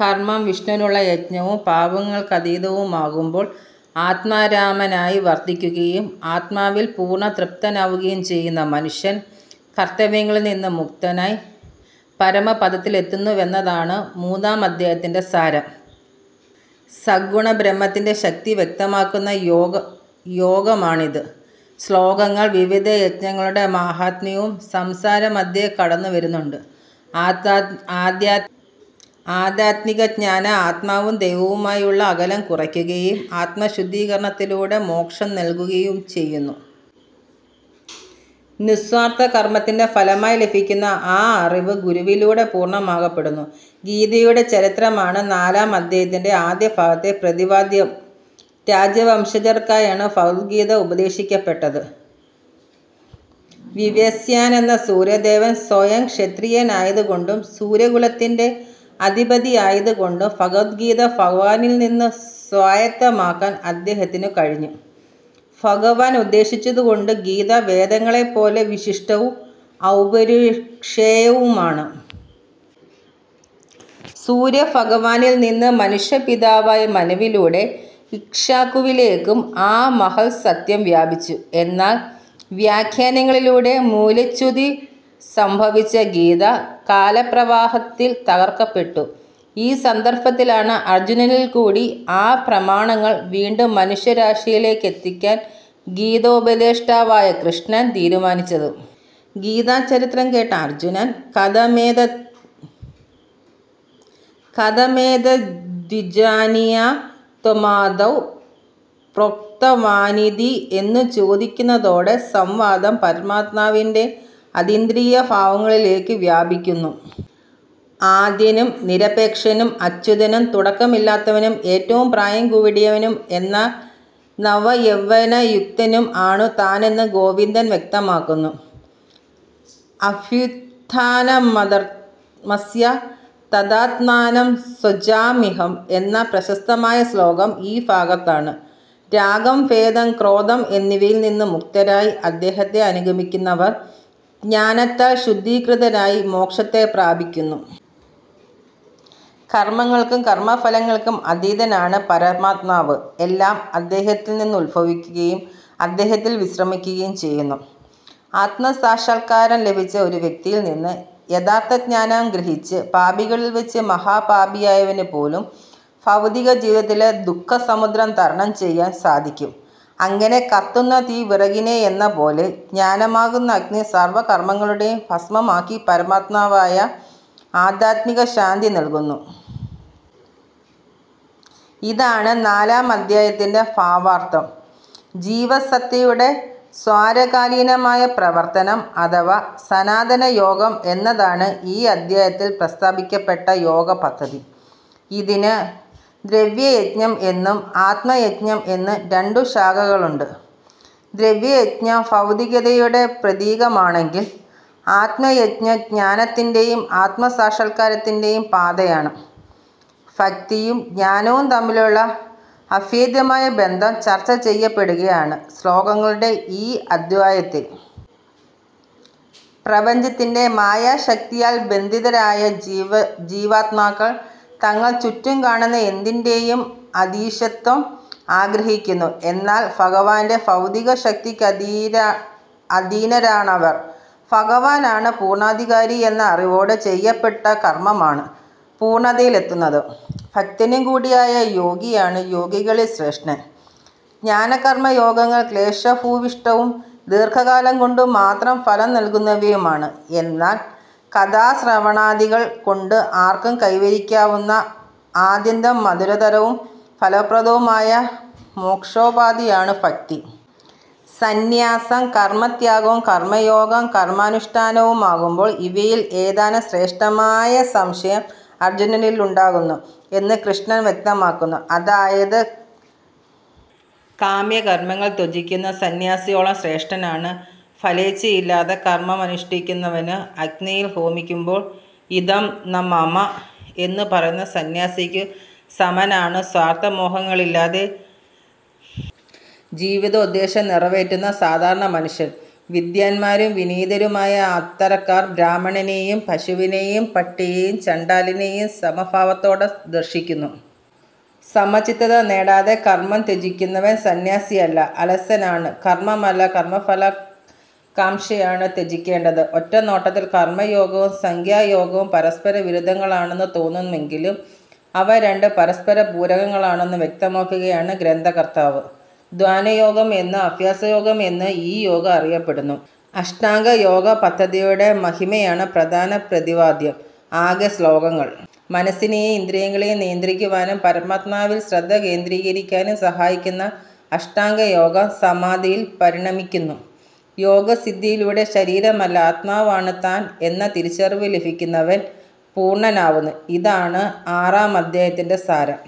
കർമം വിഷ്ണുവിനുള്ള യജ്ഞവും പാപങ്ങൾക്കതീതവുമാവുമ്പോൾ, ആത്മാരാമാനായി വർത്തിയ്ക്കുകയും ആത്മാവിൽ പൂർണതൃപ്തനാവുകയും ചെയ്യുന്ന മനുഷ്യൻ, കർത്തവ്യങ്ങളിൽ നിന്ന് മുക്തനായി പരമപദത്തിലെത്തുന്നുവെന്നതാണ് മൂന്നാമദ്ധ്യായത്തിന്റെ സാരം. സഗുണബ്രഹ്മത്തിന്റെ ശക്തി വ്യക്തമാക്കുന്ന യോഗമാണിത്, ശ്ലോകങ്ങൾ. വിവിധ യജ്ഞങ്ങളുടെ മാഹാത്മ്യവും സംസാരമധ്യേ കടന്നു വരുന്നുണ്ട്. ആദ്ധ്യാത്മികജ്ഞാനം ആത്മാവും ദൈവവുമായുള്ള അകലം കുറയ്ക്കുകയും ആത്മശുദ്ധീകരണത്തിലൂടെ മോക്ഷം നൽകുകയു ചെയ്യുന്നു. നിസ്സ്വാർത്ഥകർമ്മത്തിന്റെ ഫലമായി ലഭിയ്ക്കുന്ന ആ അറിവ് ഗുരുവിലൂടെ പൂർണമാക്കപ്പെടുന്നു. ഗീതയുടെ ചരിത്രമാണ് നാലാമദ്ധ്യായത്തിന്റെ ആദ്യ ഭാഗത്തെ പ്രതിപാദ്യം. രാജവംശജർക്കായാണ് ഭഗവദ് ഗീത ഉപദേശിയ്ക്കപ്പെട്ടത്. വിവസ്വാനെന്ന സൂര്യദേവൻ സ്വയം ക്ഷത്രിയനായതുകൊണ്ടും സൂര്യകുലത്തിന്റെ ആദിപിതാവായതുകൊണ്ടും ഭഗവദ്ഗീത ഭഗവാനിൽ നിന്ന് സ്വായത്തമാക്കാൻ അദ്ദേഹത്തിനു കഴിഞ്ഞു. ഭഗവാൻ ഉപദേശിച്ചതുകൊണ്ട് ഗീത വേദങ്ങളെപ്പോലെ വിശിഷ്ടവും അപൗരുഷേയവുമാണ്. സൂര്യഭഗവാനിൽ നിന്ന് മനുഷ്യപിതാവായ മനുവിലൂടെ ഇക്ഷ്വാകുവിലേയ്ക്കും ആ മഹത്സത്യം വ്യാപിച്ചു. എന്നാൽ വ്യാഖ്യാനങ്ങളിലൂടെ മൂല്യച്യുതി സംഭവിച്ച ഗീത കാലപ്രവാഹത്തിൽ തകർക്കപ്പെട്ടു. ഈ സന്ദർഭത്തിലാണ് അർജുനനിൽക്കൂടി ആ പ്രമാണങ്ങൾ വീണ്ടും മനുഷ്യരാശിയിലെത്തിയ്ക്കാൻ ഗീതോപദേഷ്ടാവായ കൃഷ്ണൻ തീരുമാനിച്ചത്. ഗീതാചരിത്രം കേട്ട അർജ്ജുനൻ; കഥമേതദ്വിജാനീയാം ത്വമാദൌ പ്രോക്തവാനിതി എന്നു ചോദിയ്ക്കുന്നതോടെ സംവാദം പരമാത്മാവിന്റെ അതീന്ദ്രിയഭാവങ്ങളിലേയ്ക്ക് വ്യാപിയ്ക്കുന്നു. ആദ്യനും നിരപേക്ഷനും അച്യുതനും തുടക്കമില്ലാത്തവനും ഏറ്റവും പ്രായം കൂടിയവനും എന്നാൽ നവയൗവനയുക്തനും ആണു താനെന്ന് ഗോവിന്ദൻ വ്യക്തമാക്കുന്നു. അഭ്യുത്ഥാനമധർമസ്യ തദാത്മാനം സൃജാമ്യഹം എന്ന പ്രശസ്തമായ ശ്ലോകം ഈ ഭാഗത്താണ്. രാഗം ഭേദം ക്രോധം എന്നിവയിൽ നിന്ന് മുക്തരായി അദ്ദേഹത്തെ അനുഗമിയ്ക്കുന്നവർ, ജ്ഞാനത്താൽ ശുദ്ധീകൃതരായി മോക്ഷത്തെ പ്രാപിയ്ക്കുന്നു. കർമങ്ങൾക്കും കർമഫലങ്ങൾക്കും അതീതനാണ് പരമാത്മാവ്. എല്ലാം അദ്ദേഹത്തിൽനിന്നുത്ഭവിയ്ക്കുകയും അദ്ദേഹത്തിൽ വിശ്രമിയ്ക്കുകയും ചെയ്യുന്നു. ആത്മസാക്ഷാത്കാരം ലഭിച്ച ഒരു വ്യക്തിയിൽ നിന്ന് യഥാർത്ഥജ്ഞാനം ഗ്രഹിച്ച് പാപികളിൽ വച്ച് മഹാപാപിയായവനു പോലും ഭൗതികജീവിതത്തിലെ ദുഃഖസമുദ്രം തരണം ചെയ്യാൻ സാധിയ്ക്കും. അങ്ങനെ കത്തുന്ന തീ വിറകിനെയെന്നപോലെ ജ്ഞാനമാകുന്ന അഗ്നി സർവ്വ കർമഫലങ്ങളെയും ഭസ്മമാക്കി പരമമായ ആദ്ധ്യാത്മികശാന്തി നൽകുന്നു. ഇതാണ് നാലാമധ്യായത്തിന്റെ ഭാവാർത്ഥം. ജീവസത്തയുടെ സാര്വകാലീനമായ പ്രവർത്തനം അഥവാ സനാതനയോഗം എന്നതാണ് ഈ അദ്ധ്യായത്തിൽ പ്രസ്താവിയ്ക്കപ്പെട്ട യോഗപദ്ധതി. ഇതിന് ദ്രവ്യയജ്ഞം എന്നും ആത്മയജ്ഞം എന്നും രണ്ടു ശാഖകളുണ്ട്. ദ്രവ്യയജ്ഞം ഭൗതികതയുടെ പ്രതീകമാണെങ്കിൽ ആത്മയജ്ഞം ജ്ഞാനത്തിന്റെയും ആത്മസാക്ഷാത്കരണത്തിന്റെയും പാതയാണ്. ഭക്തിയും ജ്ഞാനവും തമ്മിലുള്ള അഭേദ്യമായ ബന്ധം ചർച്ച ചെയ്യപ്പെടുകയാണ് ശ്ലോകങ്ങളുള്ള ഈ അദ്ധ്യായത്തിൽ. പ്രപഞ്ചത്തിന്റെ മായാശക്തിയാൽ ബന്ധിതരായ ജീവാത്മാക്കൾ, തങ്ങൾ ചുറ്റും കാണുന്ന എന്തിന്റെയും അധീശത്വം ആഗ്രഹിയ്ക്കുന്നു. എന്നാൽ ഭഗവാന്റെ ഭൗതികശക്തിയ്ക്കധീനരാണവർ. ഭഗവാനാണ് പൂർണാധികാരിയെന്ന അറിവോടെ ചെയ്യപ്പെടുന്ന കർമമാണ് പൂർണതയിലെത്തുന്നത്. ഭക്തനും കൂടിയായ യോഗിയാണ് യോഗികളിൽ ശ്രേഷ്ഠൻ. ജ്ഞാനകർമയോഗങ്ങൾ ക്ലേശഭൂവിഷ്ടവും ദീർഘകാലം കൊണ്ടുമാത്രം ഫലം നൽകുന്നവയുമാണ്. എന്നാൽ കഥാശ്രവണാദികൾ കൊണ്ട് ആർക്കും കൈവരിയ്ക്കാവുന്ന ആദ്യന്തം മധുരതരവും ഫലപ്രദവുമായ മോക്ഷോപാധിയാണ് ഭക്തി. സന്യാസം കർമത്യാഗവും, കർമയോഗം കർമാനുഷ്ടാനവുമാവുമ്പോൾ ഇവയിൽ ഏതാണു ശ്രേഷ്ഠമെന്ന സംശയം അർജ്ജുനനിലുണ്ടാകുന്നു. എന്ന് കൃഷ്ണൻ വ്യക്തമാക്കുന്നു. അതായത് കാമ്യകർമങ്ങൾ ത്യജിയ്ക്കുന്ന സന്യാസിയോളം ശ്രേഷ്ഠനാണ് ഫലേച്ഛയില്ലാതെ കർമമനുഷ്ടിയ്ക്കുന്നവനും. അഗ്നിയിൽ ഹോമിയ്ക്കുമ്പോൾ "ഇദം ന മമ" എന്നു പറയുന്ന സന്യാസിക്കു സമനാണ് സ്വാർത്ഥമോഹങ്ങളില്ലാതെ ജീവിതോദ്ദേശ്യം നിറവേറ്റുന്ന സാധാരണമനുഷ്യർ. വിദ്വാന്മാരും വിനീതരുമായ അത്തരക്കാർ ബ്രാഹ്മണനെയും പശുവിനെയും പട്ടിയേയും ചണ്ഡാലനെയും സമഭാവത്തോടെ ദർശിക്കുന്നു. സമചിത്തത നേടാതെ കർമം ത്യജിയ്ക്കുന്നവൻ സന്യാസിയല്ല, അലസനാണ്. കർമമല്ല കർമഫലകാംക്ഷയാണ് ത്യജിയ്ക്കേണ്ടത്. ഒറ്റനോട്ടത്തിൽ കർമയോഗവും സാംഖ്യയോഗവും പരസ്പരവിരുദ്ധങ്ങളാണെന്നു തോന്നുമെങ്കിലും അവരണ്ടും പരസ്പരപൂരകങ്ങളാണെന്നു വ്യക്തമാക്കുകയാണ് ഗ്രന്ഥകർത്താവ്. ധ്യാന യോഗം എന്നും അഭ്യാസയോഗം എന്നും ഈ യോഗം അറിയപ്പെടുന്നു. അഷ്ടാംഗ യോഗ പദ്ധതിയുടെ മഹിമയാണ് പ്രധാന പ്രതിപാദ്യം. ആകെ ശ്ലോകങ്ങൾ. മനസ്സിനെയും ഇന്ദ്രിയങ്ങളെയും നിയന്ത്രിക്കുവാനും പരമാത്മാവിൽ ശ്രദ്ധ കേന്ദ്രീകരിയ്ക്കാനും സഹായിക്കുന്ന അഷ്ടാംഗ യോഗം സമാധിയിൽ പരിണമിയ്ക്കുന്നു. യോഗസിദ്ധിയിലൂടെ ശരീരമല്ല ആത്മാവാണ് താൻ എന്ന തിരിച്ചറിവ് ലഭിയ്ക്കുന്നവൻ പൂർണനാവുന്നു. ഇതാണ് ആറാമദ്ധ്യായത്തിൻറെ സാരം.